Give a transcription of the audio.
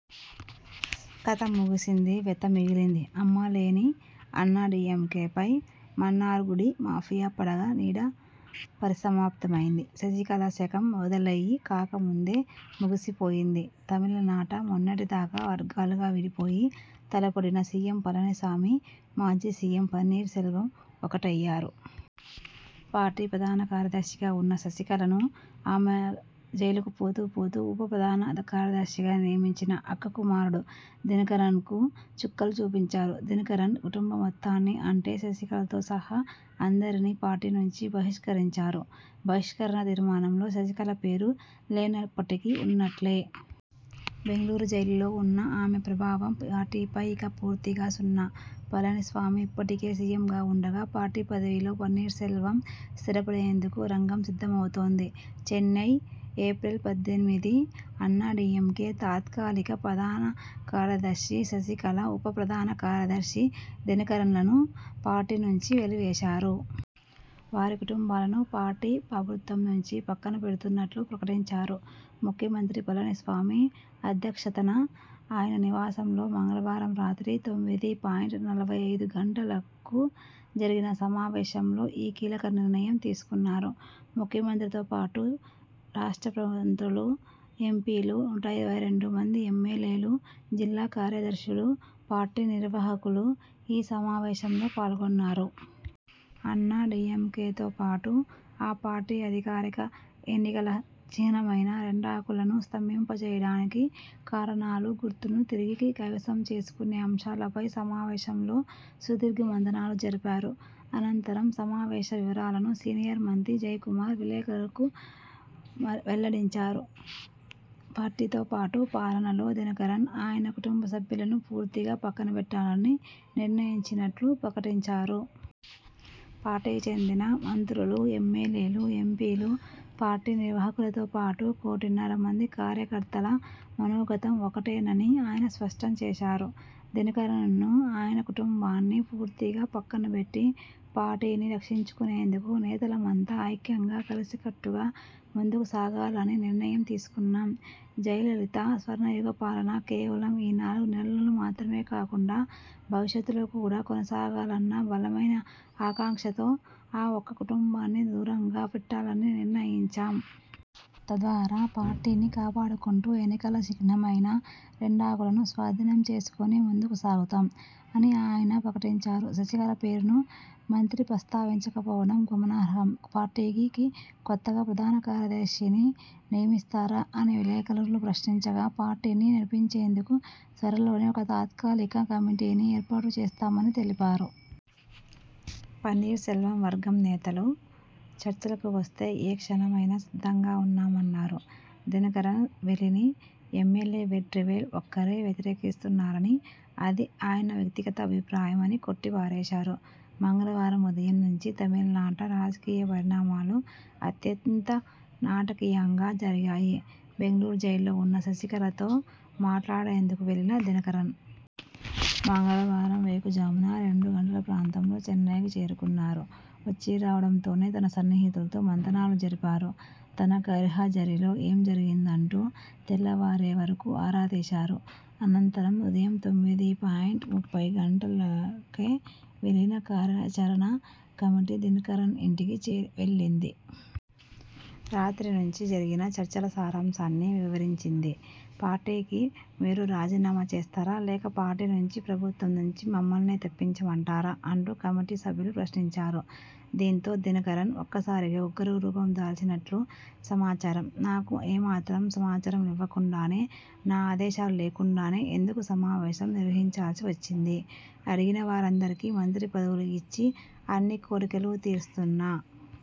కథ ముగిసింది. వెత మిగిలింది. 'అమ్మ' లేని అన్నా డీఎంకే పై మన్నార్గుడి మాఫియా పడగ నీడ పరిసమాప్తమైంది. శశికళ శకం మొదలయ్యీ కాకముందే ముగిసిపోయింది. తమిళనాట మొన్నటి దాకా వర్గాలుగా విడిపోయి తలపడిన సీఎం పళని స్వామి, మాజీ సీఎం పన్నీర్ సెల్వం ఒక్కటయ్యారు. పార్టీ ప్రధాన కార్యదర్శిగా ఉన్న శశికళను, ఆమె జైలుకు పోతూ పోతూ ఉప ప్రధాన కార్యదర్శిగా నియమించిన 'అక్క కుమారుడు' దినకరన్కూ చుక్కలు చూపించారు. దినకరన్ కుటుంబం మొత్తాన్నిఅంటే శశికళతో సహా అందరినీ పార్టీ నుంచి బహిష్కరించారు. బహిష్కరణ తీర్మానంలో శశికళ పేరు లేనప్పటికీ ఉన్నట్లే! బెంగళూరు జైలులో ఉన్న ఆమె ప్రభావం పార్టీపై ఇక పూర్తిగా సున్నా! పళనిస్వామి ఇప్పటికే సీఎంగా ఉండగా పార్టీ పదవిలో పన్నీర్ సెల్వం స్థిరపడేందుకు రంగం సిద్ధమవుతోంది. చెన్నై, ఏప్రిల్ పద్దెనిమిది అన్నా డీఎంకే తాత్కాలిక ప్రధాన కార్యదర్శి శశికళ, ఉప ప్రధాన కార్యదర్శి దినకరన్లను పార్టీ నుంచి వెలి వేశారు. వారి కుటుంబాలను పార్టీ, ప్రభుత్వం నుంచి పక్కన పెడుతున్నట్లు ప్రకటించారు. ముఖ్యమంత్రి పళని స్వామి అధ్యక్షతన ఆయన నివాసంలో మంగళవారం రాత్రి తొమ్మిది పాయింట్ నలభై ఐదు గంటలకు జరిగిన సమావేశంలో ఈ కీలక నిర్ణయం తీసుకున్నారు. ముఖ్యమంత్రితో పాటు రాష్ట్ర మంత్రులు, ఎంపీలు, నూట ఇరవై రెండు మంది ఎమ్మెల్యేలు, జిల్లా కార్యదర్శులు, పార్టీ నిర్వాహకులు ఈ సమావేశంలో పాల్గొన్నారు. అన్నా డీఎంకేతో పాటు ఆ పార్టీ అధికారిక ఎన్నికల చిహ్నమైన రెండాకులను స్తంభింపజేయడానికి కారణాలు, గుర్తును తిరిగి కైవసం చేసుకునే అంశాలపై సమావేశంలో సుదీర్ఘ మంతనాలు జరిపారు. అనంతరం సమావేశ వివరాలను సీనియర్ మంత్రి జయకుమార్ విలేకరులకు వెల్లడించారు. పార్టీతో పాటు పాలనలో దినకరన్, ఆయన కుటుంబ సభ్యులను పూర్తిగా పక్కనబెట్టాలని నిర్ణయించినట్టు ప్రకటించారు. పార్టీకి చెందిన మంత్రులు, ఎమ్మెల్యేలు, ఎంపీలు, పార్టీ నిర్వాహకులతోపాటు కోటిన్నర మంది కార్యకర్తల మనోగతం ఒక్కటేనని ఆయన స్పష్టం చేశారు. ''దినకరన్ను, ఆయన కుటుంబాన్ని పూర్తిగా పక్కనబెట్టి పార్టీని రక్షించుకునేందుకు నేతలమంతా ఐక్యంగా కలిసికట్టుగా ముందుకు సాగాలని నిర్ణయం తీసుకున్నాం. జయలలిత స్వర్ణయుగ పాలన కేవలం ఈ నాలుగు నెలలు మాత్రమే కాకుండా, భవిష్యత్లో కూడా కొనసాగాలన్న బలమైన ఆకాంక్షతో ఆ ఒక్క కుటుంబాన్ని దూరంగా పెట్టాలని నిర్ణయించాం. తద్వారా పార్టీని కాపాడుకుంటూ ఎన్నికల చిహ్నమైన రెండాకులను స్వాధీనం చేసుకుని ముందుకు సాగుతాం'' అని ఆయన ప్రకటించారు. శశికళ పేరును మంత్రి ప్రస్తావించక పోవడం గమనార్హం. పార్టీకి కొత్తగా ప్రధాన కార్యదర్శిని నియమిస్తారా అని విలేకరులు ప్రశ్నించగా.. పార్టీని నడిపించేందుకు త్వరలోనే ఒక తాత్కాలిక కమిటీని ఏర్పాటు చేస్తామని తెలిపారు. పన్నీర్ సెల్వం వర్గం నేతలు చర్చలకు వస్తే ఏ క్షణమైనా సిద్ధంగా ఉన్నామన్నారు. దినకరన్ వెలిని ఎమ్మెల్యే వెట్రివేల్ ఒక్కరే వ్యతిరేకిస్తున్నారని, అది ఆయన వ్యక్తిగత అభిప్రాయమని కొట్టి పారేశారు. మంగళవారం ఉదయం నుంచీ తమిళనాట రాజకీయ పరిణామాలు అత్యంత నాటకీయంగా జరిగాయి. బెంగళూరు జైల్లో ఉన్న శశికళతో మాట్లాడేందుకు వెళ్లిన దినకరన్.. మంగళవారం వేకువ జామున రెండు గంటల ప్రాంతంలో చెన్నైకి చేరుకున్నారు. వచ్చీ రావడంతోనే తన సన్నిహితులతో మంతనాలు జరిపారు. తన గైర్హా జరీలో ఏం జరిగిందంటూ తెల్లవారే వరకూ ఆరా తీశారు. అనంతరం ఉదయం తొమ్మిది పాయింట్ ముప్పై గంటలకే విలీన కార్యాచరణ కమిటీ దినకరన్ ఇంటికిచేరి వెళ్లింది. రాత్రి నుంచీ జరిగిన చర్చల సారాంశాన్ని వివరించింది. 'పార్టీకి మీరు రాజీనామా చేస్తారా? లేక పార్టీ నుంచి ప్రభుత్వం నుంచి మమ్మల్నే తప్పించమంటారా? ' అంటూ కమిటీ సభ్యులు ప్రశ్నించారు. దీంతో దినకరన్ ఒక్కసారిగా ఉగ్రరూపం దాల్చినట్లు సమాచారం. ''నాకు ఏమాత్రం సమాచారం ఇవ్వకుండానే, నా ఆదేశాలు లేకుండానే ఎందుకు సమావేశం నిర్వహించాల్సి వచ్చింది? అడిగిన వారందరికీ మంత్రి పదవులు ఇచ్చి, అన్ని కోర్కెలూ తీరుస్తున్నా